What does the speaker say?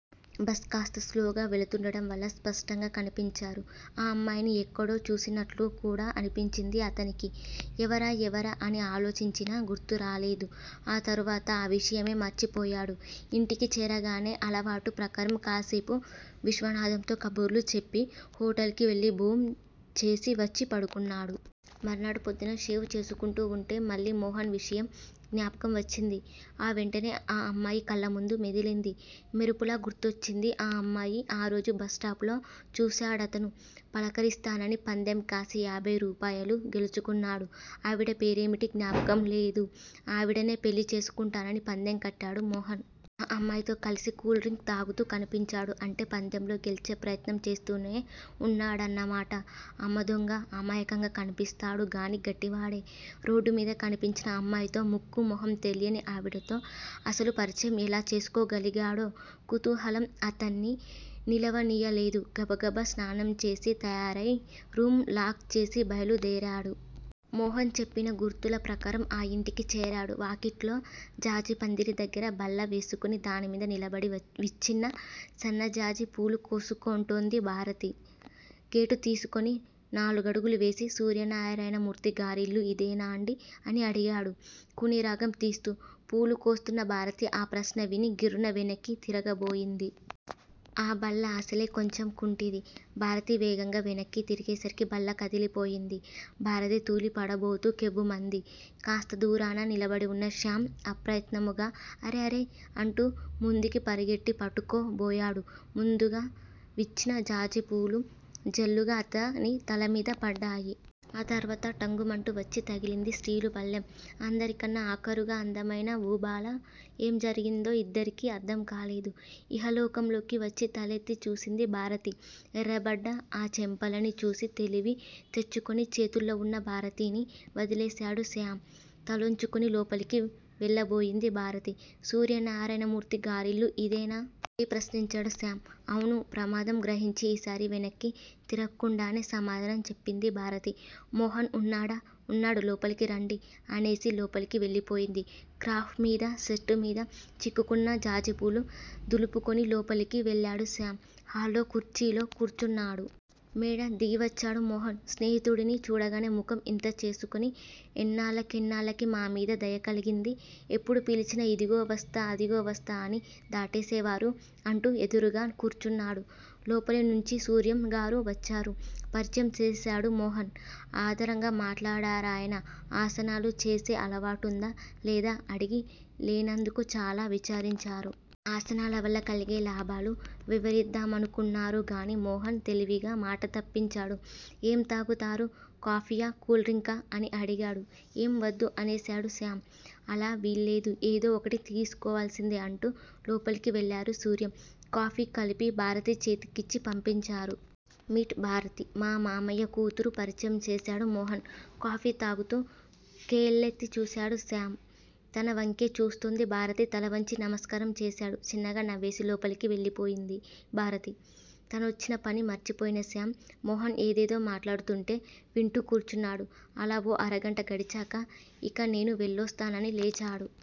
Bus కాస్త స్లోగా వెళుతుండడం వల్ల స్పష్టంగా కనిపించారు. ఆ అమ్మాయిని యెక్కడో చూసినట్లుకూడా అనిపించింది అతనికి. యెవరా యెవరా అని ఆలోచించినా గుర్తురాలేదు. ఆ తరువాత ఆ విషయమే మర్చిపోయాడు. యింటికి చేరగానే అలవాటు ప్రకారం కాసేపు విశ్వనాధంతో కబుర్లు చెప్పి హొటల్ కి వెళ్ళి భోం చేసి వచ్చి పడుకున్నాడు. మర్నాడు పొద్దున షేవ్ చేసుకుంటూవుంటే మళ్ళీ మోహన్ విషయం జ్ఞాపకం వచ్చింది. ఆ వెంటనే ఆ అమ్మాయి కళ్ళముందు మెదిలింది. మెరుపులా గుర్తొచ్చింది ఆ అమ్మాయి ఆరోజు బస్టాప్ లో చూసాడతను. పలకరిస్తానని పందెం కాసి యాభై రూపాయలు గెలుచుకున్నాడు. ఆవిడ పేరేమిటి జ్ఞాపకంలేదు. ఆవిడనే పెళ్ళి చేసుకుంటానని పందెం కట్టాడు మోహన్. ఆ అమ్మాయితో కలిసి కూల్ డ్రింక్ తాగుతూ కనిపించాడు అంటే పందెంలో గెల్చే ప్రయత్నం చేస్తూనే వున్నాడన్నమాట అమ్మదొంగా అమాయకంగా కనిపిస్తాడు గానీ గట్టివాడే. రోడ్డుమీద కనిపించిన అమ్మాయితో ముక్కూ మొహం తెలియని ఆవిడతో అసలు పరిచయం ఎలా చేసుకోగలిగాడో! కుతూహలం అతన్ని నిలవనీయలేదు. గబగబ స్నానం చేసి తయారై రూం లాక్ చేసి బయలుదేరాడు. మోహన్ చెప్పిన గుర్తుల ప్రకారం ఆ ఇంటికి చేరాడు. వాకిట్లో జాజిపందిరి దగ్గర బల్ల వేసుకుని దానిమీద నిలబడి విచ్చిన సన్నజాజి పూలు కోసుకుంటోంది భారతి. గేటు తీసుకొని నాలుగడుగులు వేసి- సూర్యనారాయణమూర్తిగారిల్లు ఇదేనాండీ? అని అడిగాడు. కూనిరాగం తీస్తూ పూలు కోస్తున్న భారతి ఆ ప్రశ్న విని గిర్రున వెనక్కి తిరగబోయింది. ఆ బల్లఅసలే కొంచెం కుంటిది. భారతి వేగంగా వెనక్కి తిరిగేసరికి బల్ల కదిలిపోయింది. భారతి తూలి పడబోతూ కెవ్వుమంది. కాస్త దూరాన నిలబడివున్న శ్యామ్ అప్రయత్నముగా 'అరెరె! ' అంటూ ముందుకి పరిగెట్టి పట్టుకో బోయాడు. ముందుగా విచ్చిన జాజిపూలు జల్లుగా అతని తల మీద పడ్డాయి. ఆ తరువాత ఠంగుమంటూ వచ్చి తగిలింది స్టీలు పళ్ళెం. అందరికన్నా ఆఖరుగా అందమైన వూబాల! ఏం జరిగిందో ఇద్దరికీ అర్థంకాలేదు. ఇహలోకంలోకి వచ్చి తలెత్తి చూసింది భారతి ఎర్రబడ్డ ఆ చెంపలని చూసి తెలివి తెచ్చుకుని చేతుల్లో వున్న భారతిని వదిలేశాడు శ్యామ్. తలోంచుకుని లోపలికి వెళ్ళబోయింది భారతి సూర్యనారాయణమూర్తిగారిల్లు ఇదేనా? మళ్ళీ ప్రశ్నించాడు శ్యామ్. అవును ప్రమాదం గ్రహించి ఈసారి వెనక్కి తిరక్కుండానే సమాధానం చెప్పింది భారతి. మోహన్ ఉన్నాడా? ఉన్నాడు లోపలికి రండి! అనేసి లోపలికి వెళ్ళి పోయింది. క్రాఫ్ మీద, షర్టుమీద చిక్కుకున్న జాజిపూలు దులుపుకొని లోపలికి వెళ్ళాడు శ్యామ్. హాల్లో కుర్చీలో కూర్చున్నాడు. మేడ దిగివచ్చాడు మోహన్. స్నేహితుడిని చూడగానే ముఖం ఇంత చేసుకుని__ ఎన్నాళ్ళకెన్నాళ్ళకి మా మీద దయ కలిగింది! ఎప్పుడు పిలిచినా ఇదుగో వస్తా అదిగో వస్తా అని దాటేసేవారు అంటూ ఎదురుగా కూర్చున్నాడు. లోపలినుంచి సూర్యం గారు వచ్చారు. పరిచయం చేసాడు మోహన్. ఆదరంగా మాట్లాడారాయన ఆసనాలు చేసే అలవాటుందా లేదా అడిగి లేనందుకు చాలా విచారించారు. ఆసనాలవల్ల కలిగే లాభాలు వివరిద్డామానుకున్నారుగానీ మోహన్ తెలివిగా మాట తప్పించాడు. ఏం తాగుతారు? కాఫీయా? కూల్ డ్రింకా? అని అడిగాడు ఏం వద్దు అనేశాడు శ్యామ్. అలా వీల్లేదు ఏదో ఒకటి తీసుకోవాల్సిందే అంటూ లోపలికి వెళ్లారు సూర్యం. కాఫీ కలిపి భారతి చేతి కిచ్చి పంపించారు. మీట్ భారతి. మా మామయ్య కూతురు పరిచయం చేసాడు మోహన్. కాఫీ తాగుతూ కెళ్ళేత్తి చూసాడు శ్యామ్. తన వంకే చూస్తోంది భారతి తలవంచి నమస్కారం చేసాడు. చిన్నగా నవ్వేసి లోపలికి వెళ్ళిపోయింది భారతి. తనోచ్చిన పని మర్చిపోయిన శ్యామ్ మోహన్ ఏదేదో మాట్లాడుతుంటే వింటూ కూర్చున్నాడు. అలా ఓ అరగంట గడిచాక ఇక నేను వెళ్ళోస్తానని లేచాడు.